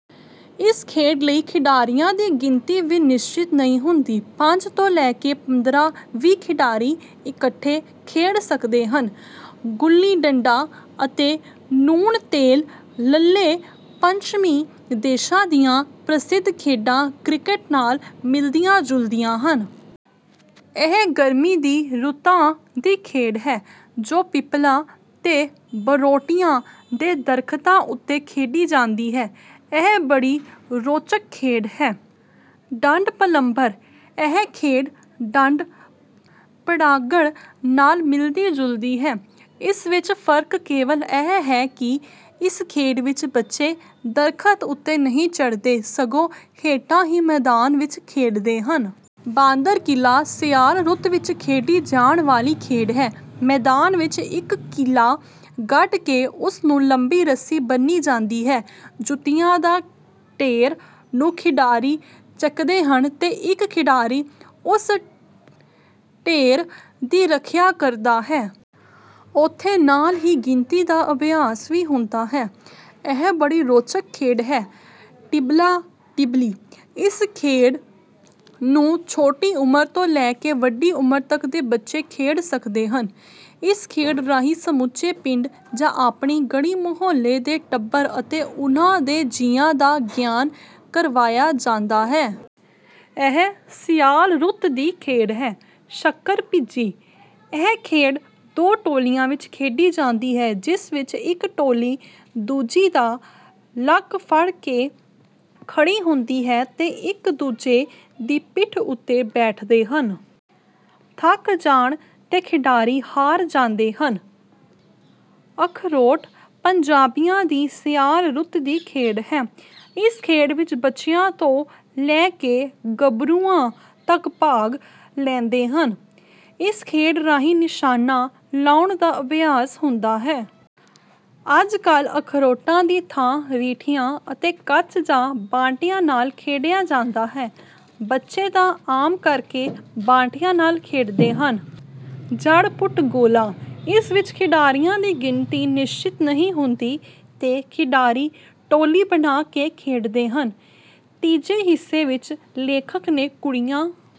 ਇਸ ਖੇਡ ਲਈ ਖਿਡਾਰੀਆਂ ਦੀ ਗਿਣਤੀ ਵੀ ਨਿਸ਼ਚਿਤ ਨਹੀਂ ਹੁੰਦੀ। ਪੰਜ ਤੋਂ ਲੈ ਕੇ ਪੰਦਰਾਂ ਵੀਹ ਖਿਡਾਰੀ ਇਕੱਠੇ ਖੇਡ ਸਕਦੇ ਹਨ। ਗੁੱਲੀ ਡੰਡਾ ਅਤੇ ਨੂਣ ਤੇਲ ਲੱਲੇ ਪੱਛਮੀ ਦੇਸ਼ਾਂ ਦੀਆਂ ਪ੍ਰਸਿੱਧ ਖੇਡਾਂ ਕ੍ਰਿਕਟ ਨਾਲ ਮਿਲਦੀਆਂ ਜੁਲਦੀਆਂ ਹਨ। ਇਹ ਗਰਮੀ ਦੀ ਰੁੱਤ ਦੀ ਖੇਡ ਹੈ, ਜੋ ਪਿੱਪਲਾਂ ਤੇ ਬਰੋਟੀਆਂ ਦੇ ਦਰਖਤਾਂ ਉੱਤੇ ਖੇਡੀ ਜਾਂਦੀ ਹੈ। ਇਹ ਬੜੀ ਰੋਚਕ ਖੇਡ ਹੈ। ਡੰਡ ਪਰੰਬਲ ਇਹ ਖੇਡ ਡੰਡ ਪੜਾਂਗੜ ਨਾਲ ਮਿਲਦੀ ਜੁਲਦੀ ਹੈ। ਇਸ ਵਿੱਚ ਫ਼ਰਕ ਕੇਵਲ ਇਹ ਹੈ ਕਿ ਇਸ ਖੇਡ ਵਿੱਚ ਬੱਚੇ ਦਰੱਖਤ ਉੱਤੇ ਨਹੀਂ ਚੜ੍ਹਦੇ ਸਗੋਂ ਹੇਠਾਂ ਹੀ ਮੈਦਾਨ ਵਿੱਚ ਖੇਡਦੇ ਹਨ। ਬਾਂਦਰ ਕੀਲਾ ਸਿਆਲ ਰੁੱਤ ਵਿੱਚ ਖੇਡੀ ਜਾਣ ਵਾਲੀ ਖੇਡ ਹੈ। ਮੈਦਾਨ ਵਿੱਚ ਇੱਕ ਕੀਲਾ ਗੱਡ ਕੇ ਉਸ ਨੂੰ ਲੰਬੀ ਰੱਸੀ ਬੰਨ੍ਹੀ ਜਾਂਦੀ ਹੈ। ਜੁੱਤੀਆਂ ਦੇ ਢੇਰ ਨੂੰ ਖਿਡਾਰੀ ਚੁੱਕਦੇ ਹਨ ਤੇ ਇੱਕ ਖਿਡਾਰੀ ਉਸ ਢੇਰ ਦੀ ਰੱਖਿਆ ਕਰਦਾ ਹੈ। ਉੱਥੇ ਨਾਲ ਹੀ ਗਿਣਤੀ ਦਾ ਅਭਿਆਸ ਵੀ ਹੁੰਦਾ ਹੈ। ਇਹ ਬੜੀ ਰੌਚਕ ਖੇਡ ਹੈ। ਟਿਬਲਾ ਟਿਬਲੀ ਇਸ ਖੇਡ ਨੂੰ ਛੋਟੀ ਉਮਰ ਤੋਂ ਲੈ ਕੇ ਵੱਡੀ ਉਮਰ ਤੱਕ ਦੇ ਬੱਚੇ ਖੇਡ ਸਕਦੇ ਹਨ। ਇਸ ਖੇਡ ਰਾਹੀਂ ਸਮੁੱਚੇ ਪਿੰਡ ਜਾਂ ਆਪਣੀ ਗਲ਼ੀ ਮੁਹੱਲੇ ਦੇ ਟੱਬਰ ਅਤੇ ਉਨ੍ਹਾਂ ਦੇ ਜੀਆਂ ਦਾ ਗਿਆਨ ਕਰਵਾਇਆ ਜਾਂਦਾ ਹੈ। ਇਹ ਸਿਆਲ ਰੁੱਤ ਦੀ ਖੇਡ ਹੈ। ਸ਼ੱਕਰ ਭਿੱਜੀ ਇਹ ਖੇਡ ਦੋ ਟੋਲੀਆਂ ਵਿੱਚ ਖੇਡੀ ਜਾਂਦੀ ਹੈ ਜਿਸ ਵਿੱਚ ਇੱਕ ਟੋਲੀ ਦੂਜੀ ਦਾ ਲੱਕ ਫੜ ਕੇ ਖੜੀ ਹੁੰਦੀ ਹੈ ਤੇ ਇੱਕ ਦੂਜੇ ਦੀ ਪਿੱਠ ਉੱਤੇ ਬੈਠਦੇ ਹਨ। ਥੱਕ ਜਾਣ ਤੇ ਖਿਡਾਰੀ ਹਾਰ ਜਾਂਦੇ ਹਨ। ਅਖਰੋਟ ਪੰਜਾਬੀਆਂ ਦੀ ਸਿਆਲ ਰੁੱਤ ਦੀ ਖੇਡ ਹੈ। ਇਸ ਖੇਡ ਵਿੱਚ ਬੱਚਿਆਂ ਤੋਂ ਲੈ ਕੇ ਗੱਭਰੂਆਂ ਤੱਕ ਭਾਗ ਲੈਂਦੇ ਹਨ। ਇਸ ਖੇਡ ਰਾਹੀਂ ਨਿਸ਼ਾਨਾ ਲਾਉਣ ਦਾ ਅਭਿਆਸ ਹੁੰਦਾ ਹੈ। ਅੱਜ ਕੱਲ ਅਖਰੋਟਾਂ ਦੀ ਥਾਂ ਰੀਠਿਆਂ ਅਤੇ ਕੱਚ ਜਾਂ ਬਾਂਟਿਆਂ ਨਾਲ ਖੇਡਿਆ ਜਾਂਦਾ ਹੈ। ਬੱਚੇ ਤਾਂ ਆਮ ਕਰਕੇ ਬਾਂਟਿਆਂ ਨਾਲ ਖੇਡਦੇ ਹਨ। ਜੜ ਪੁਟ ਗੋਲਾ ਇਸ ਵਿੱਚ ਖਿਡਾਰੀਆਂ ਦੀ ਗਿਣਤੀ ਨਿਸ਼ਚਿਤ ਨਹੀਂ ਹੁੰਦੀ ਤੇ ਖਿਡਾਰੀ ਟੋਲੀ ਬਣਾ ਕੇ ਖੇਡਦੇ ਹਨ। ਤੀਜੇ ਹਿੱਸੇ ਵਿੱਚ ਲੇਖਕ ਨੇ ਕੁੜੀਆਂ